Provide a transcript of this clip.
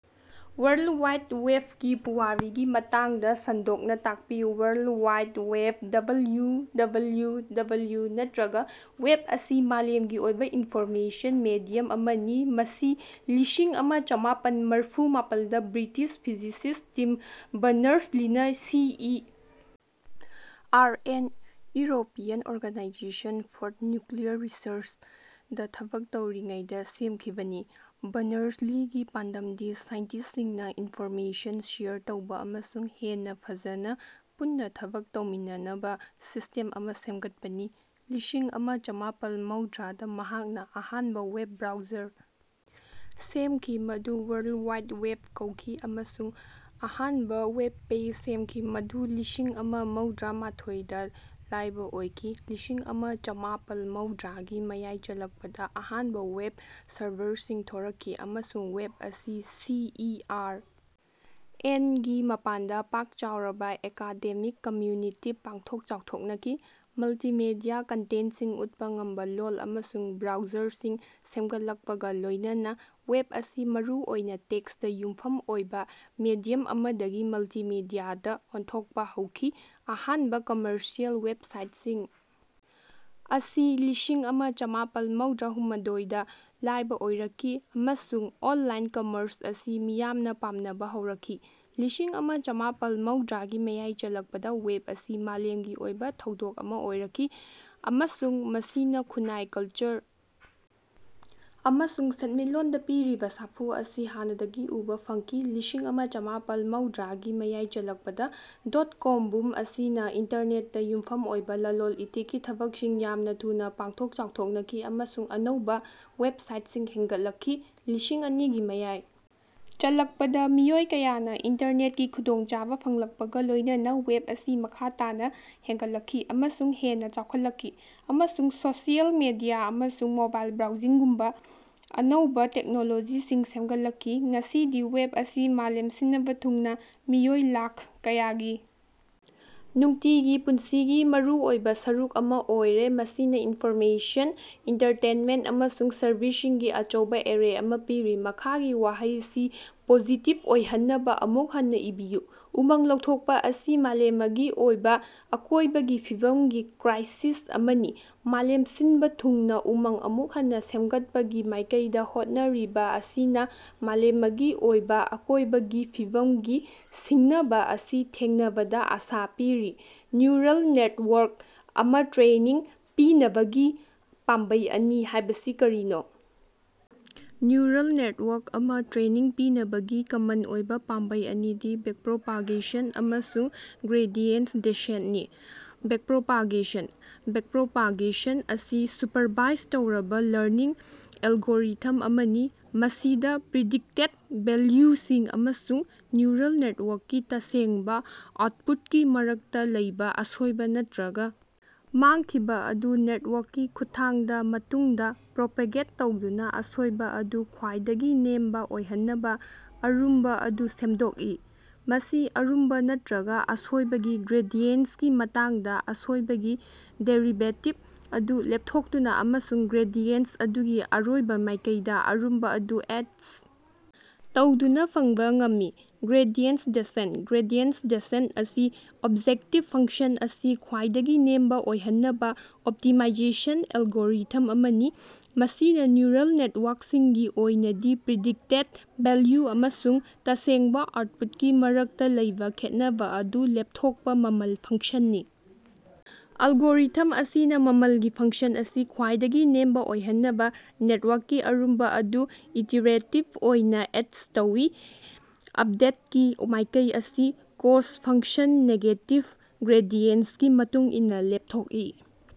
World wide ꯋꯦꯕꯀꯤ ꯄꯨꯋꯥꯔꯤꯒꯤ ꯃꯇꯥꯡꯗ ꯁꯟꯗꯣꯛꯅ ꯇꯥꯛꯄꯤꯌꯨ꯫ World wide web (W W W ꯅꯠꯇꯔꯒ ꯋꯦꯕ) ꯑꯁꯤ ꯃꯥꯂꯦꯝꯒꯤ ꯑꯣꯏꯕ ꯏꯟꯐꯣꯔꯃꯦꯁꯟ ꯃꯦꯗꯤꯌꯝ ꯑꯃꯅꯤ ꯃꯁꯤ ꯂꯤꯁꯤꯡ ꯑꯃ ꯆꯃꯥꯄꯟ ꯃꯔꯐꯨ ꯃꯥꯄꯜꯗ ꯕ꯭ꯔꯤꯇꯤꯁ ꯐꯤꯖꯤꯁꯤꯁ꯭ꯠ ꯇꯤꯝ ꯕꯔꯅꯔꯁ-ꯂꯤꯅ C E R N (European Organization for Nuclear ꯔꯤꯁꯔꯆ)ꯗꯥ ꯊꯕꯛ ꯇꯧꯔꯤꯉꯩꯗꯥ ꯁꯦꯝꯈꯤꯕꯅꯤ꯫ ꯕꯔꯅꯔꯁ-ꯂꯤꯒꯤ ꯄꯥꯟꯗꯝꯗꯤ ꯁꯥꯏꯟꯇꯤꯁ꯭ꯇꯁꯤꯡꯅ ꯏꯟꯐꯣꯔꯃꯦꯁꯟ ꯁꯦꯌꯔ ꯇꯧꯕ ꯑꯃꯁꯨꯡ ꯍꯦꯟꯅ ꯐꯖꯅ ꯄꯨꯟꯅ ꯊꯕꯛ ꯇꯧꯃꯤꯟꯅꯅꯕ ꯁꯤꯁꯇꯦꯝ ꯑꯃ ꯁꯦꯝꯒꯠꯄꯅꯤ꯫ ꯂꯤꯁꯤꯡ ꯑꯃ ꯆꯃꯥꯄꯜ ꯃꯧꯗꯔꯥꯗ ꯃꯍꯥꯛꯅ ꯑꯍꯥꯟꯕ ꯋꯦꯕ ꯕ꯭ꯔꯥꯎꯖꯔ ꯁꯦꯝꯈꯤ, ꯃꯗꯨ "ꯋꯥꯔꯜꯗꯋꯥꯏꯗꯋꯦꯕ" ꯀꯧꯈꯤ ꯑꯃꯁꯨꯡ ꯑꯍꯥꯟꯕ ꯋꯦꯕ ꯄꯦꯖ ꯁꯦꯝꯈꯤ, ꯃꯗꯨ ꯂꯤꯁꯤꯡ ꯑꯃ ꯃꯧꯗꯔꯥ ꯃꯥꯊꯣꯏꯗ ꯂꯥꯏꯕ ꯑꯣꯏꯈꯤ꯫ ꯂꯤꯁꯤꯡ ꯑꯃ ꯆꯃꯥꯄꯜ ꯃꯧꯗꯔꯥ ꯒꯤ ꯃꯌꯥꯏ ꯆꯜꯂꯛꯄꯗ ꯑꯍꯥꯟꯕ ꯋꯦꯕ ꯁꯔꯚꯔꯁꯤꯡ ꯊꯣꯔꯛꯈꯤ ꯑꯃꯁꯨꯡ ꯋꯦꯕ ꯑꯁꯤ ꯁꯤ ꯏ ꯑꯥꯔ ꯑꯦꯟ ꯒꯤ ꯃꯄꯥꯟꯗ ꯄꯥꯛ ꯆꯥꯎꯔꯕ ꯑꯦꯀꯥꯗꯦꯃꯤꯛ ꯀꯝꯃ꯭ꯌꯨꯅꯤꯇꯤꯗ ꯄꯥꯛꯊꯣꯛ ꯆꯥꯎꯊꯣꯛꯅꯈꯤ꯫ ꯃꯜꯇꯤꯃꯤꯗꯤꯌꯥ ꯀꯟꯇꯦꯟꯠꯁꯤꯡ ꯎꯠꯄ ꯉꯝꯕ ꯂꯣꯜ ꯑꯃꯁꯨꯡ ꯕ꯭ꯔꯥꯎꯖꯔꯁꯤꯡ ꯁꯦꯝꯒꯠꯂꯛꯄꯒ ꯂꯣꯏꯅꯅ ꯋꯦꯕ ꯑꯁꯤ ꯃꯔꯨ ꯑꯣꯏꯅ ꯇꯦꯛꯁꯇ ꯌꯨꯝꯐꯝ ꯑꯣꯏꯕ ꯃꯦꯗꯤꯌꯝ ꯑꯃꯗꯒꯤ ꯃꯜꯇꯤꯃꯤꯗꯤꯌꯥꯗ ꯑꯣꯟꯊꯣꯛꯄ ꯍꯧꯈꯤ꯫ ꯑꯍꯥꯟꯕ ꯀꯝꯃꯔꯁꯤꯑꯦꯜ ꯋꯦꯕꯁꯥꯏꯠꯁꯤꯡ ꯑꯁꯤ ꯂꯤꯁꯤꯡ ꯑꯃ ꯆꯃꯥꯄꯜ ꯃꯧꯗꯔꯥ ꯍꯨꯃꯗꯣꯏ ꯗ ꯂꯥꯏꯕ ꯑꯣꯏꯔꯛꯈꯤ, ꯑꯃꯁꯨꯡ ꯑꯣꯟꯂꯥꯏꯟ ꯀꯝꯃ꯭ꯔꯁ ꯑꯁꯤ ꯃꯤꯌꯥꯝꯅ ꯄꯥꯝꯅꯕ ꯍꯧꯔꯛꯈꯤ꯫ ꯂꯤꯁꯤꯡ ꯑꯃ ꯆꯃꯥꯄꯜ ꯃꯧꯗꯔꯥꯒꯤ ꯃꯌꯥꯏ ꯆꯜꯂꯛꯄꯗ ꯋꯦꯕ ꯑꯁꯤ ꯃꯥꯂꯦꯝꯒꯤ ꯑꯣꯏꯕ ꯊꯧꯗꯣꯛ ꯑꯃ ꯑꯣꯏꯔꯛꯈꯤ, ꯑꯃꯁꯨꯡ ꯃꯁꯤꯅ ꯈꯨꯟꯅꯥꯏ, ꯀ꯭ꯂꯆꯔ ꯑꯃꯁꯨꯡ ꯁꯦꯟꯃꯤꯠꯂꯣꯟꯗ ꯄꯤꯔꯤꯕꯥ ꯁꯥꯐꯨ ꯑꯁꯤ ꯍꯥꯟꯅꯗꯒꯤ ꯎꯕꯥ ꯐꯪꯈꯤ꯫ ꯂꯤꯁꯤꯡ ꯑꯃ ꯆꯃꯥꯄꯜ ꯃꯧꯗꯔꯥ ꯒꯤ ꯃꯌꯥꯏ ꯆꯜꯂꯛꯄꯗ ꯗꯣꯠ-ꯀꯣꯝ ꯕꯨꯝ ꯑꯁꯤꯅ ꯏꯟꯇꯔꯅꯦꯠꯇ ꯌꯨꯝꯐꯝ ꯑꯣꯏꯕ ꯂꯂꯣꯟ-ꯏꯇꯤꯛꯀꯤ ꯊꯕꯛꯁꯤꯡ ꯌꯥꯝꯅ ꯊꯨꯅ ꯄꯥꯡꯊꯣꯛ-ꯆꯥꯎꯊꯣꯛꯅꯈꯤ ꯑꯃꯁꯨꯡ ꯑꯅꯧꯕꯥ ꯋꯦꯕꯁꯥꯏꯠꯁꯤꯡ ꯍꯦꯡꯒꯠꯂꯛꯈꯤ꯫ ꯂꯤꯁꯤꯡ ꯑꯅꯤꯒꯤ ꯃꯌꯥꯏ ꯆꯜꯂꯛꯄꯗ, ꯃꯤꯑꯣꯏ ꯀꯌꯥꯅ ꯏꯟꯇꯔꯅꯦꯠꯀꯤ ꯈꯨꯗꯣꯡꯆꯥꯕ ꯐꯪꯂꯛꯄꯒ ꯂꯣꯏꯅꯅ, ꯋꯦꯕ ꯑꯁꯤ ꯃꯈꯥ ꯇꯥꯅ ꯍꯦꯟꯒꯠꯂꯛꯈꯤ ꯑꯃꯁꯨꯡ ꯍꯦꯟꯅ ꯆꯥꯎꯈꯠꯂꯛꯈꯤ, ꯑꯃꯁꯨꯡ ꯁꯣꯁꯤꯑꯦꯜ ꯃꯤꯗꯤꯌꯥ ꯑꯃꯁꯨꯡ ꯃꯣꯕꯥꯏꯜ ꯕ꯭ꯔꯥꯎꯖꯤꯡꯒꯨꯝꯕ ꯑꯅꯧꯕꯥ ꯇꯦꯛꯅꯣꯂꯣꯖꯤꯁꯤꯡ ꯁꯦꯝꯒꯠꯂꯛꯈꯤ꯫ ꯉꯁꯤꯗꯤ ꯋꯦꯕ ꯑꯁꯤ ꯃꯥꯂꯦꯝ ꯁꯤꯅꯕ ꯊꯨꯡꯅ ꯃꯤꯑꯣꯏ ꯂꯥꯈ ꯀꯌꯥꯒꯤ ꯅꯨꯡꯇꯤꯒꯤ ꯄꯨꯟꯁꯤꯒꯤ ꯃꯔꯨꯑꯣꯏꯕꯥ ꯁꯔꯨꯛ ꯑꯃꯥ ꯑꯣꯏꯔꯦ, ꯃꯁꯤꯅꯥ ꯏꯟꯐꯣꯔꯃꯦꯁꯟ, ꯑꯦꯟꯇꯔꯇꯦꯟꯃꯦꯟꯠ ꯑꯃꯁꯨꯡ ꯁꯔꯚꯤꯁꯁꯤꯡꯒꯤ ꯑꯆꯧꯕ ꯑꯦꯔꯦ ꯑꯃ ꯄꯤꯔꯤ꯫ ꯃꯈꯥꯒꯤ ꯋꯥꯍꯩ ꯑꯁꯤ ꯄꯣꯖꯤꯇꯤꯚ ꯑꯣꯏꯍꯟꯅꯕ ꯑꯃꯨꯛ ꯍꯟꯅ ꯏꯕꯤꯌꯨ: ꯎꯃꯪ ꯂꯧꯊꯣꯛꯄ ꯑꯁꯤ ꯃꯥꯂꯦꯃꯒꯤ ꯑꯣꯏꯕ ꯑꯀꯣꯏꯕꯒꯤ ꯐꯤꯕꯝꯒꯤ ꯀ꯭ꯔꯥꯏꯁꯤꯁ ꯑꯃꯅꯤ꯫ ꯃꯥꯂꯦꯝ ꯁꯤꯟꯕ ꯊꯨꯡꯅ ꯎꯃꯪ ꯑꯃꯨꯛ ꯍꯟꯅ ꯁꯦꯝꯒꯠꯄꯒꯤ ꯃꯥꯏꯀꯩꯗꯥ ꯍꯣꯠꯅꯔꯤꯕ ꯑꯁꯤꯅ ꯃꯥꯂꯦꯃꯒꯤ ꯑꯣꯏꯕ ꯑꯀꯣꯏꯕꯒꯤ ꯐꯤꯕꯝꯒꯤ ꯁꯤꯡꯅꯕ ꯑꯁꯤ ꯊꯦꯡꯅꯕꯗ ꯑꯁꯥ ꯄꯤꯔꯤ꯫ ꯅ꯭ꯌꯨꯔꯜ ꯅꯦꯠꯋꯥ꯭ꯔꯛ ꯑꯃꯥꯇ꯭ꯔꯦꯅꯤꯡ ꯄꯤꯅꯕꯒꯤ ꯄꯥꯝꯕꯩ ꯑꯅꯤ ꯍꯥꯏꯕꯁꯤ ꯀꯔꯤꯅꯣ? ꯅ꯭ꯌꯨꯔꯜ ꯅꯦꯠꯋꯥ꯭ꯔꯛ ꯑꯃ ꯇ꯭ꯔꯦꯅꯤꯡ ꯄꯤꯅꯕꯒꯤ ꯀꯃꯟ ꯑꯣꯏꯕ ꯄꯥꯝꯕꯩ ꯑꯅꯤꯗꯤ ꯕꯦꯛꯄ꯭ꯔꯣꯄꯥꯒꯦꯁꯟ ꯑꯃꯁꯨꯡ ꯒ꯭ꯔꯦꯗꯤꯌꯦꯟꯠ ꯗꯦꯁꯦꯟꯠꯅꯤ꯫ ꯕꯦꯛꯄ꯭ꯔꯣꯄꯥꯒꯦꯁꯟ: ꯕꯦꯛꯄ꯭ꯔꯣꯄꯥꯒꯦꯁꯟ ꯑꯁꯤ ꯁꯨꯞꯄꯔꯚꯥꯏꯖ ꯇꯧꯔꯕ ꯂꯔꯅꯤꯡ ꯑꯦꯜꯒꯣꯔꯤꯊꯝ ꯑꯃꯅꯤ ꯃꯁꯤꯗ ꯄ꯭ꯔꯤꯗꯤꯛꯇꯦꯠ ꯚꯦꯜꯌꯨꯁꯤꯡ ꯑꯃꯁꯨꯡ ꯅ꯭ꯌꯨꯔꯜ ꯅꯦꯠꯋꯥ꯭ꯔꯛꯀꯤ ꯇꯁꯦꯡꯕ ꯑꯥꯎꯠꯄꯨꯠꯀꯤ ꯃꯔꯛꯇ ꯂꯩꯕ ꯑꯁꯣꯏꯕ ꯅꯠꯇꯔꯒ ꯃꯥꯡꯈꯤꯕ ꯑꯗꯨ ꯅꯦꯠꯋꯥ꯭ꯔꯛꯀꯤ ꯈꯨꯠꯊꯥꯡꯗ ꯃꯇꯨꯡꯗ ꯄ꯭ꯔꯣꯄꯦꯒꯦꯠ ꯇꯧꯗꯨꯅ ꯑꯁꯣꯏꯕ ꯑꯗꯨ ꯈ꯭ꯋꯥꯏꯗꯒꯤ ꯅꯦꯝꯕ ꯑꯣꯏꯍꯟꯅꯕ ꯑꯔꯨꯝꯕ ꯑꯗꯨ ꯁꯦꯝꯗꯣꯛꯏ꯫ ꯃꯁꯤ ꯑꯔꯨꯝꯕ ꯅꯠꯇꯔꯒ ꯑꯁꯣꯏꯕꯒꯤ ꯒ꯭ꯔꯦꯗꯤꯌꯦꯟꯠꯀꯤ ꯃꯇꯥꯡꯗ ꯑꯁꯣꯏꯕꯒꯤ ꯗꯦꯔꯤꯕꯦꯇꯤꯚ ꯑꯗꯨ ꯂꯦꯞꯊꯣꯛꯇꯨꯅ ꯑꯃꯁꯨꯡ ꯒ꯭ꯔꯦꯗꯤꯌꯦꯟꯠ ꯑꯗꯨꯒꯤ ꯑꯔꯣꯏꯕ ꯃꯥꯏꯀꯩꯗ ꯑꯔꯨꯝꯕ ꯑꯗꯨ ꯑꯦꯗ꯫ ꯇꯧꯗꯨꯅ ꯐꯪꯕ ꯉꯝꯃꯤ꯫ ꯒ꯭ꯔꯦꯗꯤꯌꯦꯟꯠ ꯗꯦꯁꯦꯟꯠ: ꯒ꯭ꯔꯦꯗꯤꯌꯦꯟꯠ ꯗꯦꯁꯦꯟꯠ ꯑꯁꯤ ꯑꯣꯕꯖꯦꯛꯇꯤꯚ ꯐꯪꯁꯟ ꯑꯁꯤ ꯈ꯭ꯋꯥꯏꯗꯒꯤ ꯅꯦꯝꯕ ꯑꯣꯏꯍꯟꯅꯕ ꯑꯣꯞꯇꯤꯃꯥꯏꯖꯦꯁꯟ ꯑꯦꯜꯒꯣꯔꯤꯊꯝ ꯑꯃꯅꯤ, ꯃꯁꯤꯅ ꯅ꯭ꯌꯨꯔꯜ ꯅꯦꯠꯋꯥ꯭ꯔꯛꯁꯤꯡꯒꯤ ꯑꯣꯏꯅꯗꯤ ꯄ꯭ꯔꯤꯗꯤꯛꯇꯦꯠ ꯚꯦꯜꯌꯨ ꯑꯃꯁꯨꯡ ꯇꯁꯦꯡꯕ ꯑꯥꯎꯠꯄꯨꯠꯀꯤ ꯃꯔꯛꯇ ꯂꯩꯕ ꯈꯦꯠꯅꯕ ꯑꯗꯨ ꯂꯦꯞꯊꯣꯛꯄ ꯃꯃꯜ ꯐꯪꯁꯟꯅꯤ꯫ ꯑꯦꯂꯒꯣꯔꯤꯊꯝ ꯑꯁꯤꯅ ꯃꯃꯜꯒꯤ ꯐꯪꯁꯟ ꯑꯁꯤ ꯈ꯭ꯋꯥꯏꯗꯒꯤ ꯅꯦꯝꯕ ꯑꯣꯏꯍꯟꯅꯕ ꯅꯦꯠꯋꯥ꯭ꯔꯛꯀꯤ ꯑꯔꯨꯝꯕ ꯑꯗꯨ ꯏꯇꯤꯔꯦꯇꯤꯚ ꯑꯣꯏꯅ ꯑꯦꯗ ꯇꯧꯏ꯫ ꯑꯞꯗꯦꯠꯀꯤ ꯃꯥꯏꯀꯩ ꯑꯁꯤ ꯀ꯭ꯣꯁꯠ ꯐꯪꯁꯟ ꯅꯦꯒꯦꯇꯤꯚ ꯒ꯭ꯔꯦꯗꯤꯌꯦꯟꯠꯀꯤ ꯃꯇꯨꯡ ꯏꯟꯅ ꯂꯦꯞꯊꯣꯛꯏ꯫